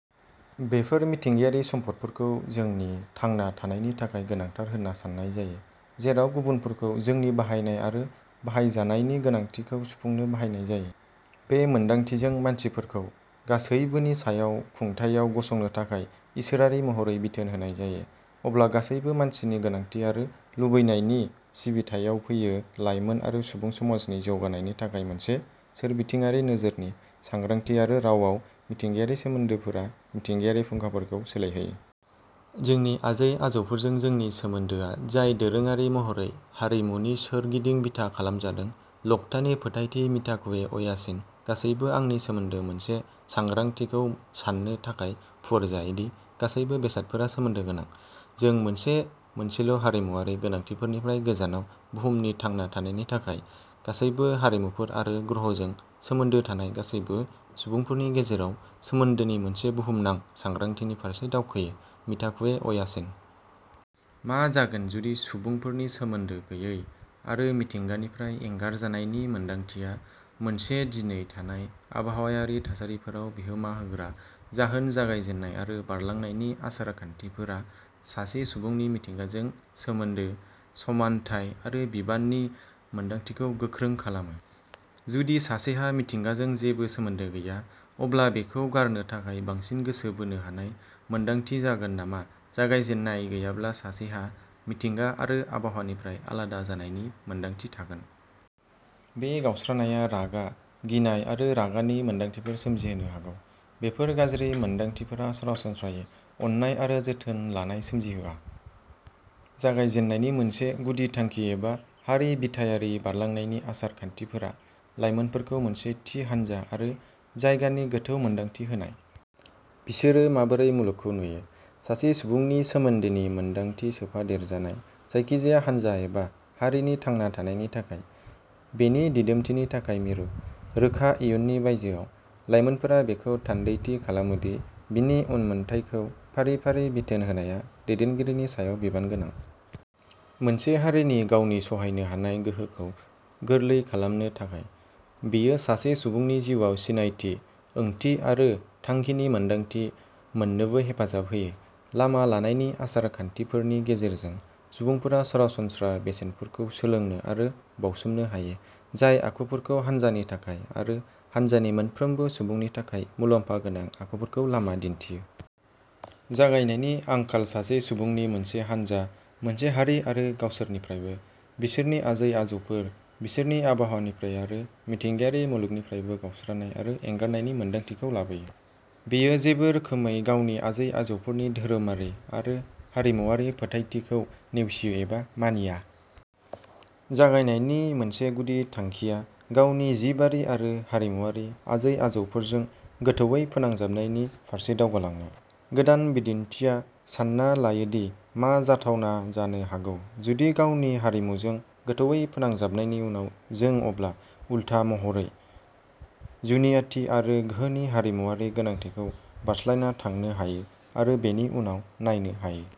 बेफोर मिथिंगायारि सम्फदफोरखौ जोंनि थांना थानायनि थाखाय गोनांथार होन्ना सान्नाय जायो, जेराव गुबुनफोरखौ जोंनि बाहायनाय आरो बाहायजानायनि गोनांथिखौ सुफुंनो बाहायनाय जायो। बे मोनदांथिजों, मानसिफोरखौ गासैबोनि सायाव खुंथाइआव गसंनो थाखाय इसोरारि महरै बिथोन होनाय जायो, अब्ला गासैबो मानसिनि गोनांथि आरो लुबैनायनि सिबिथायाव फैयो लायमोन आरो सुबुं समाजनि जौगानायनि थाखाय मोनसे सोरबिथिङारि नोजोरनि सांग्रांथि आरो रावाव मिथिंगायारि सोमोन्दोफोरा मिथिंगायारि फुंखाफोरखौ सोलायहोयो। जोंनि आजै-आजौफोरजों जोंनि सोमोन्दोआ जाय दोरोङारि महरै हारिमुनि सोरगिदिं बिथा खालामजादों, लकटानि फोथायथि मिताकुये ओयासिन गासैबो आंनि सोमोन्दो मोनसे सांग्रांथिखौ सान्नो थाखाय फुवारजायो दि गासैबो बेसादफोरा सोमोन्दो गोनां। जों मोनसे मोनसेल'हारिमुआरि गोनांथारनिफ्राय गोजानाव बुहुमनि थांना थानायनि थाखाय गासैबो हारिमुफोर आरो ग्रहजों सोमोन्दो थानाय गासैबो सुबुंफोरनि गेजेराव सोमोन्दोनि मोनसे बुहुमनां सांग्रांथिनि फारसे दावखोयो, मिताकुये ओयासिन। मा जागोन जुदि सुबुंफोरनि सोमोन्दो गैयै आरो मिथिंगानिफ्राय एंगारजानायनि मोनदांथिया मोनसे दिनै थानाय आबहावायारि थासारिफोराव बिहोमा होग्रा जाहोन जागायजेननाय आरो बारलांनायनि आसार-खान्थिफोरा सासे सुबुंनि मिथिंगाजों सोमोन्दो, समानथाय आरो बिबाननि मोनदांथिखौ गोख्रों खालामो। जुदि सासेहा मिथिंगाजों जेबो सोमोन्दो गैया, अब्ला बेखौ गारनो थाखाय बांसिन गोसो बोनो हानाय मोन्दांथि जागोन नामा जागायजेननाय गैयाब्ला सासेहा मिथिंगा आरो आबहावानिफ्राय आलादा जानायनि मोनदांथि थागोन। बे गावस्रानायआ रागा, गिनाय आरो रागानि मोनदांथिफोर सोमजिहोनो हागौ। बेफोर गाज्रि मोनदांथिफोरा सरासनस्रायै अननाय आरो जोथोन लानाय सोमजिहोआ। जागायजेन्नायनि मोनसे गुदि थांखि एबा हारि बिथायारि बारलांनायनि आसार-खान्थिफोरा, लाइमोनफोरखौ मोनसे थि हानजा आरो जायगानि गोथौ मोनदांथि होनाय। बिसोरो माबोरै मुलुगखौ नुयो। सासे सुबुंनि सोमोन्दोनि मोनदांथि सोफादेरजानाय जायखिजाया हानजा एबा हारिनि थांना थानायनि थाखाय, बेनि दिदोमथिनि थाखाय मिरु। रोखा इयुननि बायजोआव, लाइमोनफोरा बेखौ थान्दैथि खालामो दि बिनि उनमोनथायखौ फारि-फारि बिथोन होनाया दैदेनगिरिनि सायाव बिबान गोनां। मोनसे हारिनि गावनि सहायनो हानाय गोहोखौ गोरलै खालामनो थाखाय। बेयो सासे सुबुंखौ जिउआव सिनायथि, ओंथि आरो थांखिनि मोनदांथि मोननोबो हेफाजाब होयो। लामा लानायनि आसार-खान्थिफोरनि गेजेरजों सुबुंफोरा सरासनस्रा बेसेनफोरखौ सोलोंनो आरो बाउसोमनो हायो, जाय आखुफोरखौ हान्जानि थाखाय आरो हान्जानि मोनफ्रोमबो सुबुंनि थाखाय मुलाम्फा गोनां आखुफोरखौ लामा दिन्थियो। जागायनायनि आंखाल सासे सुबुंनि मोनसे हानजा, मोनसे हारि आरो गावसोरनिफ्रायबो, बिसोरनि आजै-आजौफोर, बिसोरनि आबहावानिफ्राय आरो मिथिंगायारि मुलुगनिफ्रायबो गावस्रानाय आरो एंगारनायनि मोनदांथिखौ लाबोयो। बेयो जेबो रोखोमै गावनि आजै-आजौफोरनि धोरोमारि आरो हारिमुआरि फोथायनायखौ नेवसियो एबा मानिया। जागायनायनि मोनसे गुदि थांखिया गावनि जिबारि आरो हारिमुआरि आजै-आजौफोरजों गोथौवै फोनांजाबनायनि फारसे दावगालांनो। गोदान बिदिनथिया सान्ना लायो दि मा जाथावना जानो हागौ जुदि गावनि हारिमुजों गोथौवै फोनांजाबनायनि उनाव जों अब्ला, उल्था महरै, जुनियाथि आरो गोहोनि हारिमुआरि गोनांथिखौ बारस्लायना थांनो हायो आरो बेनि उनाव नायनो हायो।